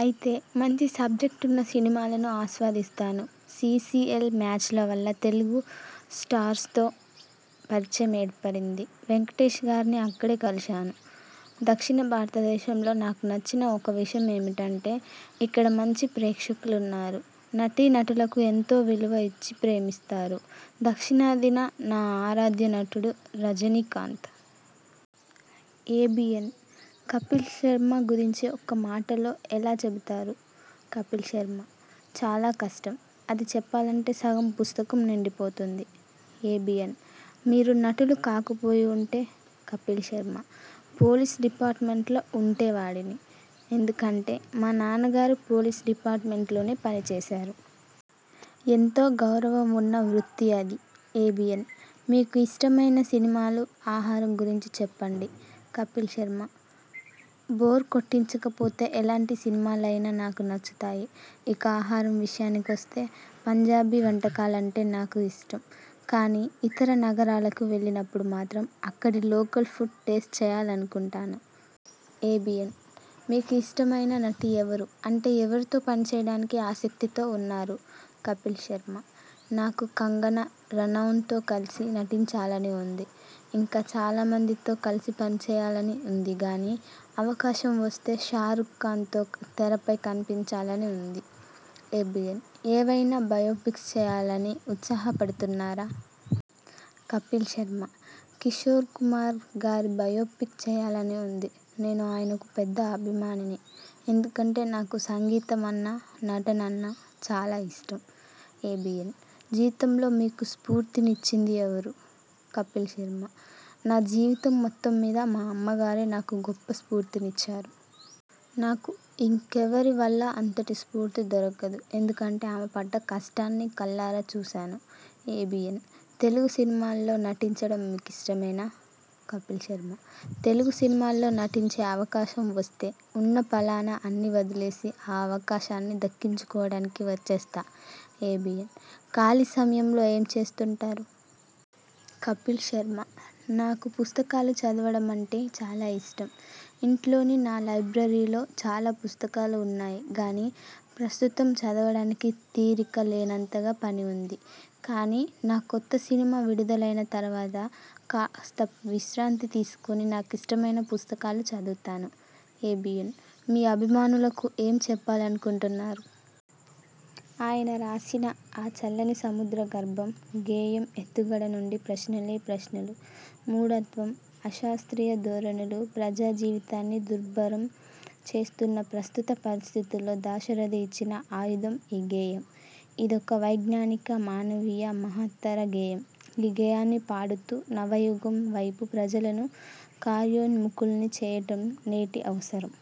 అయితే, మంచి సబ్జెక్ట్ ఉన్న సినిమాలను ఆస్వాదిస్తాను. సీసీఎల్ మ్యాచ్ల వల్ల తెలుగు స్టార్స్తో పరిచయం ఏర్పడింది. వెంకటేశ్గారిని అక్కడే కలిశాను. దక్షిణ భారతదేశంలో నాకు నచ్చిన ఒక విషయం ఏమిటంటే, ఇక్కడ మంచి ప్రేక్షకులున్నారు. నటీనటులకు ఎంతో విలువ ఇచ్చి ప్రేమిస్తారు. దక్షిణాదిన నా ఆరాధ్యనటుడు రజనీకాంత్. ఏబీఎన్: కపిల్ శర్మ గురించి ఒక్క మాటలో ఎలా చెబుతారు? కపిల్ శర్మ: చాలా కష్టం. అది చెప్పాలంటే సగం పుస్తకం నిండిపోతుంది. ఏబీఎన్: మీరు నటులు కాకపోయి ఉంటే? కపిల్ శర్మ: పోలీస్ డిపార్ట్మెంట్లో ఉంటేవాడిని. ఎందుకంటే, మా నాన్నగారు పోలీస్ డిపార్ట్మెంట్లోనే పనిచేశారు. ఎంతో గౌరవం ఉన్న వృత్తి అది. ఏబీఎన్: మీకు ఇష్టమైన సినిమాలు, ఆహారం గురించి చెప్పండి కపిల్ శర్మ: బోర్ కొట్టించకపోతే ఎలాంటి సినిమాలైనా నాకు నచ్చుతాయి. ఇక ఆహారం విషయానికొస్తే పంజాబీ వంటకాలంటే నాకు ఇష్టం. కానీ, ఇతర నగరాలకు వెళ్ళినప్పుడు మాత్రం అక్కడి లోకల్ ఫుడ్ టేస్ట్ చెయ్యాలనుకుంటాను. ఏబీఎన్: మీకు ఇష్టమైన నటి ఎవరు? అంటే, ఎవరితో పనిచేయడానికి ఆసక్తితో ఉన్నారు? కపిల్ శర్మ: నాకు కంగనా రనౌత్తో కలసి నటించాలని ఉంది. ఇంకా చాలామందితో కలసి పనిచెయ్యాలని ఉందిగానీ, అవకాశం వస్తే షారుఖ్ ఖాన్తో తెరపై కనిపించాలని ఉంది. ఏబీఎన్: ఏవైనా బయోపిక్స్ చేయాలని ఉత్సాహపడుతున్నారా? కపిల్ శర్మ: కిశోర్కుమార్ గారి బయోపిక్ చేయాలని ఉంది. నేను ఆయనకు పెద్ద అభిమానిని. ఎందుకంటే నాకు సంగీతమన్నా, నటనన్నా చాలా ఇష్టం. ఏబీఎన్: జీవితంలో మీకు స్ఫూర్తినిచ్చింది ఎవరు? కపిల్ శర్మ: నా జీవితం మొత్తం మీద మా అమ్మగారే నాకు గొప్ప స్ఫూర్తినిచ్చారు. నాకు ఇంకెవరి వల్లా అంతటి స్ఫూర్తి దొరకదు. ఎందుకంటే ఆమె పడ్డ కష్టాన్ని కళ్ళారా చూశాను. ఏబీఎన్: తెలుగు సినిమాల్లో నటించడం మీకిష్టమేనా? కపిల్ శర్మ: తెలుగు సినిమాల్లో నటించే అవకాశం వస్తే ఉన్నపళాన అన్నీ వదిలేసి ఆ అవకాశాన్ని దక్కించుకోవడానికి వచ్చేస్తా ఏబీఎన్: ఖాళీ సమయంలో ఏం చేస్తుంటారు? కపిల్ శర్మ: నాకు పుస్తకాలు చదవడమంటే చాలా ఇష్టం. ఇంట్లోని నా లైబ్రరీలో చాలా పుస్తకాలు ఉన్నాయి గానీ, ప్రస్తుతం చదవడానికి తీరిక లేనంతగా పని ఉంది. కానీ, నా కొత్త సినిమా విడుదలైన తర్వాత కాస్త విశ్రాంతి తీసుకుని నాకిష్టమైన పుస్తకాలు చదువుతాను. ఏబీఎన్: మీ అభిమానులకు ఏం చెప్పాలనుకుంటున్నారు? ఆయన రాసిన 'ఆ చల్లని సముద్ర గర్భం' గేయం ఎత్తుగడ నుండీ ప్రశ్నలే ప్రశ్నలు! మూఢత్వం, అశాస్ర్తీయ ధోరణులు ప్రజాజీవితాన్ని దుర్భరం చేస్తున్న ప్రస్తుత పరిస్థితుల్లో దాశరథి ఇచ్చిన ఆయుధం ఈ గేయం. ఇదొక వైజ్ఞానిక, మానవీయ, మహత్తర గేయం. ఈ గేయాన్ని పాడుతూ, నవయుగం వైపు ప్రజలను కార్యోన్ముఖుల్ని చేయటం నేటి అవసరం.